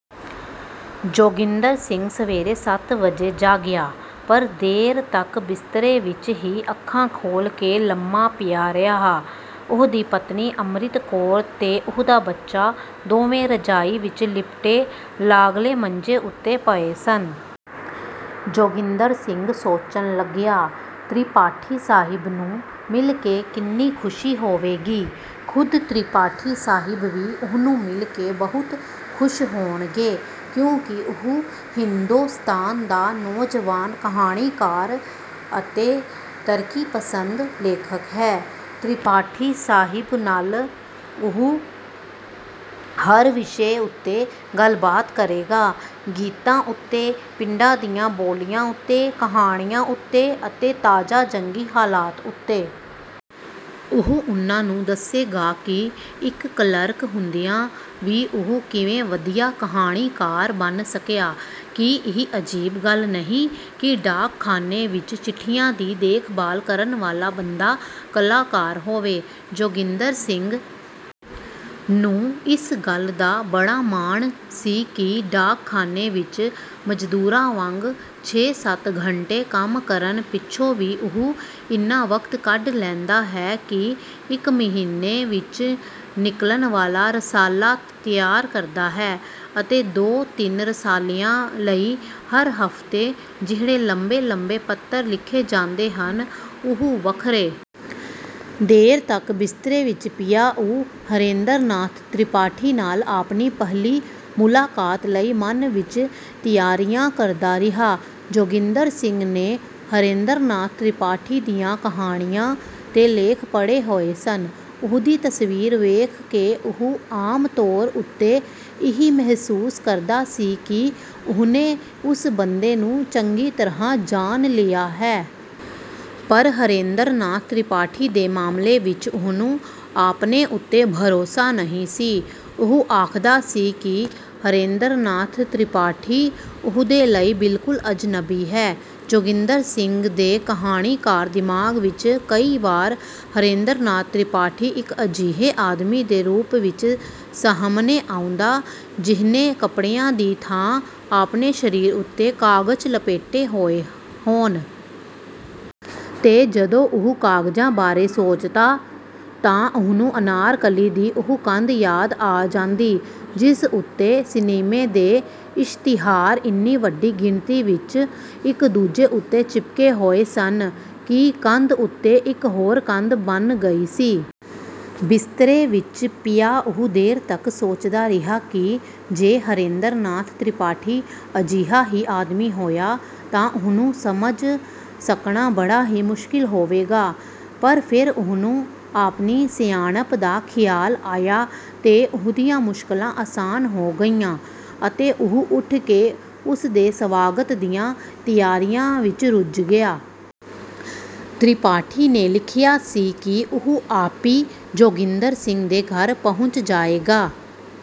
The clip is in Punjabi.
ਜੋਗਿੰਦਰ ਸਿੰਘ ਸਵੇਰੇ ਸੱਤ ਵਜੇ ਜਾਗਿਆ ਪਰ ਦੇਰ ਤਕ ਬਿਸਤਰੇ ਵਿੱਚ ਹੀ ਅੱਖਾਂ ਖੋਲ੍ਹ ਕੇ ਲੰਮਾ ਪਿਆ ਰਿਹਾ। ਉਹਦੀ ਪਤਨੀ ਅੰਮ੍ਰਿਤ ਕੌਰ ਤੇ ਉਹਦਾ ਬੱਚਾ ਦੋਵੇਂ ਰਜਾਈ ਵਿੱਚ ਲਿਪਟੇ ਲਾਗਲੇ ਮੰਜੇ ਉੱਤੇ ਪਏ ਸਨ। ਜੋਗਿੰਦਰ ਸਿੰਘ ਸੋਚਣ ਲੱਗਿਆ, ਤ੍ਰਿਪਾਠੀ ਸਾਹਿਬ ਨੂੰ ਮਿਲ ਕੇ ਕਿੰਨੀ ਖੁਸ਼ੀ ਹੋਵੇਗੀ। ਖੁਦ ਤ੍ਰਿਪਾਠੀ ਸਾਹਿਬ ਵੀ ਉਹਨੂੰ ਮਿਲ ਕੇ ਬਹੁਤ ਖੁਸ਼ ਹੋਣਗੇ ਕਿਉਂਕਿ ਉਹ ਹਿੰਦੋਸਤਾਨ ਦਾ ਨੌਜਵਾਨ ਕਹਾਣੀਕਾਰ ਅਤੇ ਤਰੱਕੀਪਸੰਦ ਲੇਖਕ ਹੈ। ਤ੍ਰਿਪਾਠੀ ਸਾਹਿਬ ਨਾਲ ਉਹ ਹਰ ਵਿਸ਼ੇ ਉੱਤੇ ਗੱਲਬਾਤ ਕਰੇਗਾ, ਗੀਤਾਂ ਉੱਤੇ, ਪਿੰਡਾਂ ਦੀਆਂ ਬੋਲੀਆਂ ਉੱਤੇ, ਕਹਾਣੀਆਂ ਉੱਤੇ ਅਤੇ ਤਾਜ਼ਾ ਜੰਗੀ ਹਾਲਾਤ ਉੱਤੇ। ਉਹ ਉਨ੍ਹਾਂ ਨੂੰ ਦੱਸੇਗਾ ਕਿ ਇੱਕ ਕਲਰਕ ਹੁੰਦਿਆਂ ਵੀ ਉਹ ਕਿਵੇਂ ਵਧੀਆ ਕਹਾਣੀਕਾਰ ਬਣ ਸਕਿਆ। ਕੀ ਇਹ ਅਜੀਬ ਗੱਲ ਨਹੀਂ ਕਿ ਡਾਕਖਾਨੇ ਵਿੱਚ ਚਿੱਠੀਆਂ ਦੀ ਦੇਖਭਾਲ ਕਰਨ ਵਾਲਾ ਬੰਦਾ ਕਲਾਕਾਰ ਹੋਵੇ। ਜੋਗਿੰਦਰ ਸਿੰਘ ਨੂੰ ਇਸ ਗੱਲ ਦਾ ਬੜਾ ਮਾਣ ਸੀ ਕਿ ਡਾਕਖਾਨੇ ਵਿੱਚ ਮਜ਼ਦੂਰਾਂ ਵਾਂਗ ਛੇ-ਸੱਤ ਘੰਟੇ ਕੰਮ ਕਰਨ ਪਿੱਛੋਂ ਵੀ ਉਹ ਇੰਨਾ ਵਕਤ ਕੱਢ ਲੈਂਦਾ ਹੈ ਕਿ ਇੱਕ ਮਹੀਨੇ ਵਿੱਚ ਨਿਕਲਣ ਵਾਲਾ ਰਸਾਲਾ ਤਿਆਰ ਕਰਦਾ ਹੈ ਅਤੇ ਦੋ-ਤਿੰਨ ਰਸਾਲਿਆਂ ਲਈ ਹਰ ਹਫ਼ਤੇ ਜਿਹੜੇ ਲੰਬੇ-ਲੰਬੇ ਪੱਤਰ ਲਿਖੇ ਜਾਂਦੇ ਹਨ, ਉਹ ਵੱਖਰੇ। ਦੇਰ ਤਕ ਬਿਸਤਰੇ ਵਿੱਚ ਪਿਆ ਉਹ ਹਰੇਂਦਰ ਨਾਥ ਤ੍ਰਿਪਾਠੀ ਨਾਲ ਆਪਣੀ ਪਹਿਲੀ ਮੁਲਾਕਾਤ ਲਈ ਮਨ ਵਿੱਚ ਤਿਆਰੀਆਂ ਕਰਦਾ ਰਿਹਾ। ਜੋਗਿੰਦਰ ਸਿੰਘ ਨੇ ਹਰੇਂਦਰ ਨਾਥ ਤ੍ਰਿਪਾਠੀ ਦੀਆਂ ਕਹਾਣੀਆਂ ਤੇ ਲੇਖ ਪੜ੍ਹੇ ਹੋਏ ਸਨ। ਉਹਦੀ ਤਸਵੀਰ ਵੇਖ ਕੇ ਉਹ ਆਮ ਤੌਰ ਉੱਤੇ ਇਹ ਮਹਿਸੂਸ ਕਰਦਾ ਸੀ ਕਿ ਉਹਨੇ ਉਸ ਬੰਦੇ ਨੂੰ ਚੰਗੀ ਤਰ੍ਹਾਂ ਜਾਣ ਲਿਆ ਹੈ। ਪਰ ਹਰੇਂਦਰ ਨਾਥ ਤ੍ਰਿਪਾਠੀ ਦੇ ਮਾਮਲੇ ਵਿੱਚ ਉਹਨੂੰ ਆਪਣੇ ਉੱਤੇ ਭਰੋਸਾ ਨਹੀਂ ਸੀ। ਉਹ ਆਖਦਾ ਸੀ ਕਿ ਹਰੇਂਦਰ ਨਾਥ ਤ੍ਰਿਪਾਠੀ ਉਹਦੇ ਲਈ ਬਿਲਕੁਲ ਅਜਨਬੀ ਹੈ। ਜੋਗਿੰਦਰ ਸਿੰਘ ਦੇ ਕਹਾਣੀਕਾਰ ਦਿਮਾਗ ਵਿੱਚ ਕਈ ਵਾਰ ਹਰੇਂਦਰ ਨਾਥ ਤ੍ਰਿਪਾਠੀ ਇੱਕ ਅਜਿਹੇ ਆਦਮੀ ਦੇ ਰੂਪ ਵਿੱਚ ਸਾਹਮਣੇ ਆਉਂਦਾ ਜੀਹਨੇ ਕੱਪੜਿਆਂ ਦੀ ਥਾਂ ਆਪਣੇ ਸਰੀਰ ਉੱਤੇ ਕਾਗਜ਼ ਲਪੇਟੇ ਹੋਏ ਹੋਣ। ਤੇ ਜਦੋਂ ਉਹ ਕਾਗਜ਼ਾਂ ਬਾਰੇ ਸੋਚਦਾ ਤਾਂ ਉਹਨੂੰ ਅਨਾਰਕਲੀ ਦੀ ਉਹ ਕੰਧ ਯਾਦ ਆ ਜਾਂਦੀ ਜਿਸ ਉੱਤੇ ਸਿਨਮੇ ਦੇ ਇਸ਼ਤਿਹਾਰ ਇੰਨੀ ਵੱਡੀ ਗਿਣਤੀ ਵਿੱਚ ਇੱਕ ਦੂਜੇ ਉੱਤੇ ਚਿਪਕੇ ਹੋਏ ਸਨ ਕਿ ਕੰਧ ਉੱਤੇ ਇੱਕ ਹੋਰ ਕੰਧ ਬਨ ਗਈ ਸੀ। ਬਿਸਤਰੇ ਵਿੱਚ ਪਿਆ ਉਹ ਦੇਰ ਤਕ ਸੋਚਦਾ ਰਿਹਾ ਕਿ ਜੇ ਹਰੇਂਦਰ ਨਾਥ ਤ੍ਰਿਪਾਠੀ ਅਜਿਹਾ ਹੀ ਆਦਮੀ ਹੋਇਆ ਤਾਂ ਉਹਨੂੰ ਸਮਝ ਸਕਣਾ ਬੜਾ ਹੀ ਮੁਸ਼ਕਲ ਹੋਵੇਗਾ। ਪਰ ਫੇਰ ਉਹਨੂੰ ਆਪਣੀ ਸਿਆਣਪ ਦਾ ਖਿਆਲ ਆਇਆ ਤੇ ਉਹਦੀਆਂ ਮੁਸ਼ਕਲਾਂ ਆਸਾਨ ਹੋ ਗਈਆਂ ਅਤੇ ਉਹ ਉੱਠ ਕੇ ਉਸ ਦੇ ਸਵਾਗਤ ਦੀਆਂ ਤਿਆਰੀਆਂ ਵਿੱਚ ਰੁੱਝ ਗਿਆ। ਤ੍ਰਿਪਾਠੀ ਨੇ ਲਿਖਿਆ ਸੀ ਕਿ ਉਹ ਆਪੀਂ ਜੋਗਿੰਦਰ ਸਿੰਘ ਦੇ ਘਰ ਪਹੁੰਚ ਜਾਏਗਾ।